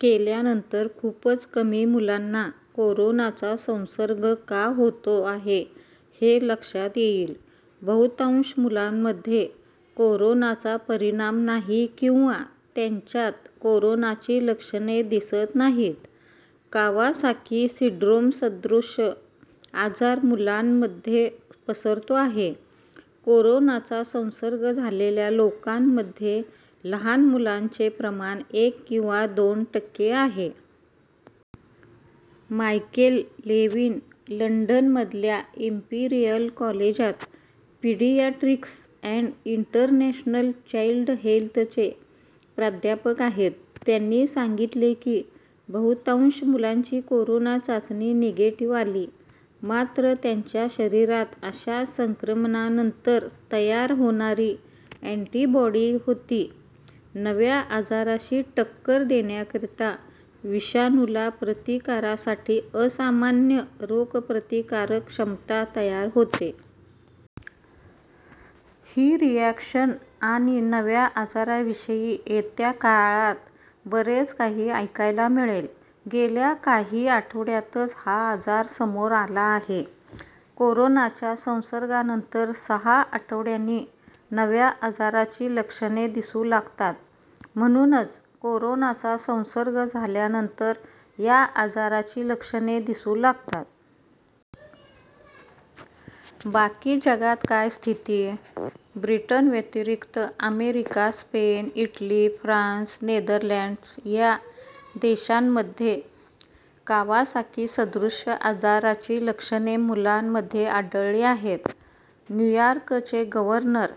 केल्यानंतर खूपच कमी मुलांना कोरोनाचा संसर्ग का होतो आहे हे लक्षात येईल. बहुतांश मुलांमध्ये कोरोनाचा परिणाम नाही किंवा त्यांच्यात कोरोनाची लक्षणे दिसत नाहीत. कावासाकी सिंड्रोमसदृश आजार मुलांमध्ये पसरतो आहे. कोरोनाचा संसर्ग झालेल्या लोकांमध्ये लहान मुलांचे प्रमाण एक किंवा दोन टक्के आहे. मायकेल लेव्हिन लंडनमधल्या इंपीरियल कॉलेजात पीडियाट्रिक्स अँड इंटरनॅशनल चाईल्ड हेल्थचे प्राध्यापक आहेत. त्यांनी सांगितले की, बहुतांश मुलांची कोरोना चाचणी निगेटिव्ह आली. मात्र त्यांच्या शरीरात अशा संक्रमणानंतर तयार होणारी अँटिबॉडी होती. नव्या आजाराशी टक्कर देण्याकरिता विषाणूला प्रतिकारासाठी असामान्य रोगप्रतिकारक क्षमता तयार होते. ही रिॲक्शन आणि नव्या आजाराविषयी येत्या काळात बरेच काही ऐकायला मिळेल. गेल्या काही आठवड्यांतच हा आजार समोर आला आहे. कोरोनाच्या संसर्गानंतर सहा आठवड्यांनी नव्या आजाराची लक्षणे दिसू लागतात. म्हणूनच कोरोनाचा संसर्ग झाल्यानंतर या आजाराची लक्षणे दिसू लागतात. बाकी जगात काय स्थिती? - ब्रिटनव्यतिरिक्त America, Spain, Italy, France, Netherlands या देशांमध्ये कावासाकी सदृश आजाराची लक्षणे मुलांमध्ये आढळली आहेत. न्यूयॉर्कचे गव्हर्नर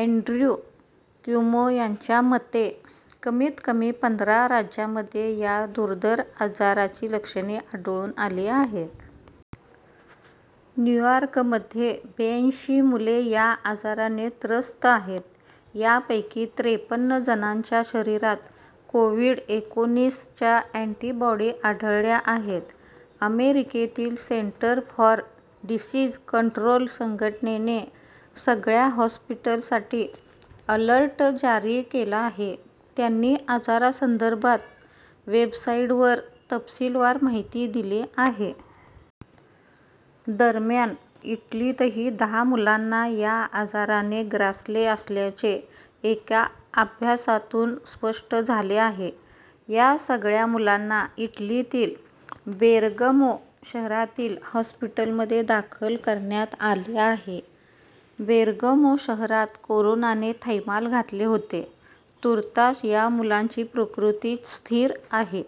अँड्र्यू क्युमो यांच्या मते, कमीत कमी पंधरा राज्यांमध्ये या दुर्धर आजाराची लक्षणे आढळून आली आहेत. न्यूयॉर्कमध्ये ब्याऐंशी मुले या आजाराने त्रस्त आहेत. यापैकी त्रेपन्न जणांच्या शरीरात कोव्हिड-एकोणीस च्या अँटिबॉडी आढळल्या आहेत. अमेरिकेतील सेंटर फॉर डिसीज कंट्रोल संघटनेने सगळ्या हॉस्पिटलसाठी अलर्ट जारी केला आहे. त्यांनी आजारासंदर्भात वेबसाईटवर तपशीलवार माहिती दिली आहे. दरम्यान, इटलीतही दहा मुलांना या आजाराने ग्रासले असल्याचे एका अभ्यासातून स्पष्ट झाले आहे. या सगळ्या मुलांना इटलीतील बेरगमो शहरातील हॉस्पिटलमध्ये दाखल करण्यात आले आहे. बेरगमो शहरात कोरोनाने थैमान घातले होते. तूर्तास या मुलांची प्रकृती स्थिर आहे.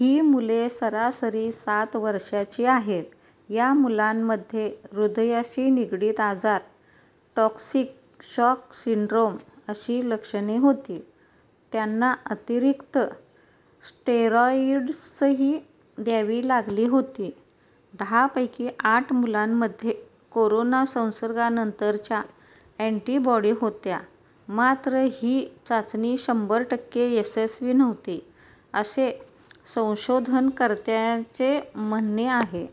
ही मुले सरासरी सात वर्षांची आहेत. या मुलांमध्ये हृदयाशी निगडित आजार, टॉक्सिक शॉक सिंड्रोम अशी लक्षणे होती. त्यांना अतिरिक्त स्टेरॉइड्सही द्यावी लागली होती. दहापैकी आठ मुलांमध्ये कोरोना संसर्गानंतरच्या अँटिबॉडी होत्या. मात्र ही चाचणी शंभर टक्के यशस्वी नव्हती असे संशोधनकर्त्यांचे म्हणणे आहे.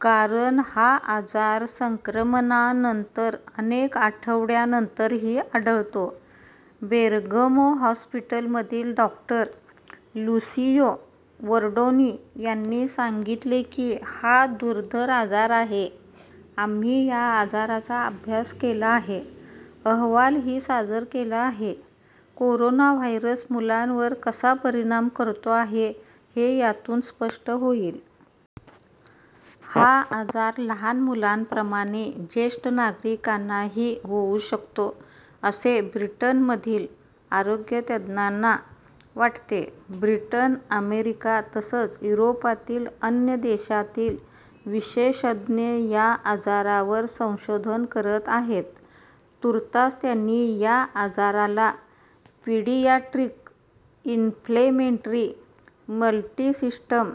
कारण हा आजार संक्रमणानंतर अनेक आठवड्या नंतरही आढळतो. बेरगमो हॉस्पिटलमधील डॉ. लुसियो वर्डोनी यांनी सांगितले की, हा दुर्धर आजार आहे. आम्ही या आजाराचा अभ्यास केला आहे, अहवालही सादर केला आहे. कोरोना व्हायरस मुलांवर कसा परिणाम करतो आहे हे यातून स्पष्ट होईल. हा आजार लहान मुलांप्रमाणे ज्येष्ठ नागरिकांनाही होऊ शकतो असे ब्रिटनमधील आरोग्यतज्ज्ञांना वाटते. ब्रिटन, अमेरिका तसंच युरोपातील अन्य देशातील विशेषज्ञ या आजारावर संशोधन करत आहेत. तूर्तास त्यांनी या आजाराला 'पीडियाट्रिक इन्फ्लेमेटरी मल्टीसिस्टम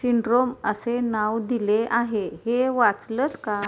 सिंड्रोम' असे नाव दिले आहे. हे वाचलंत का?"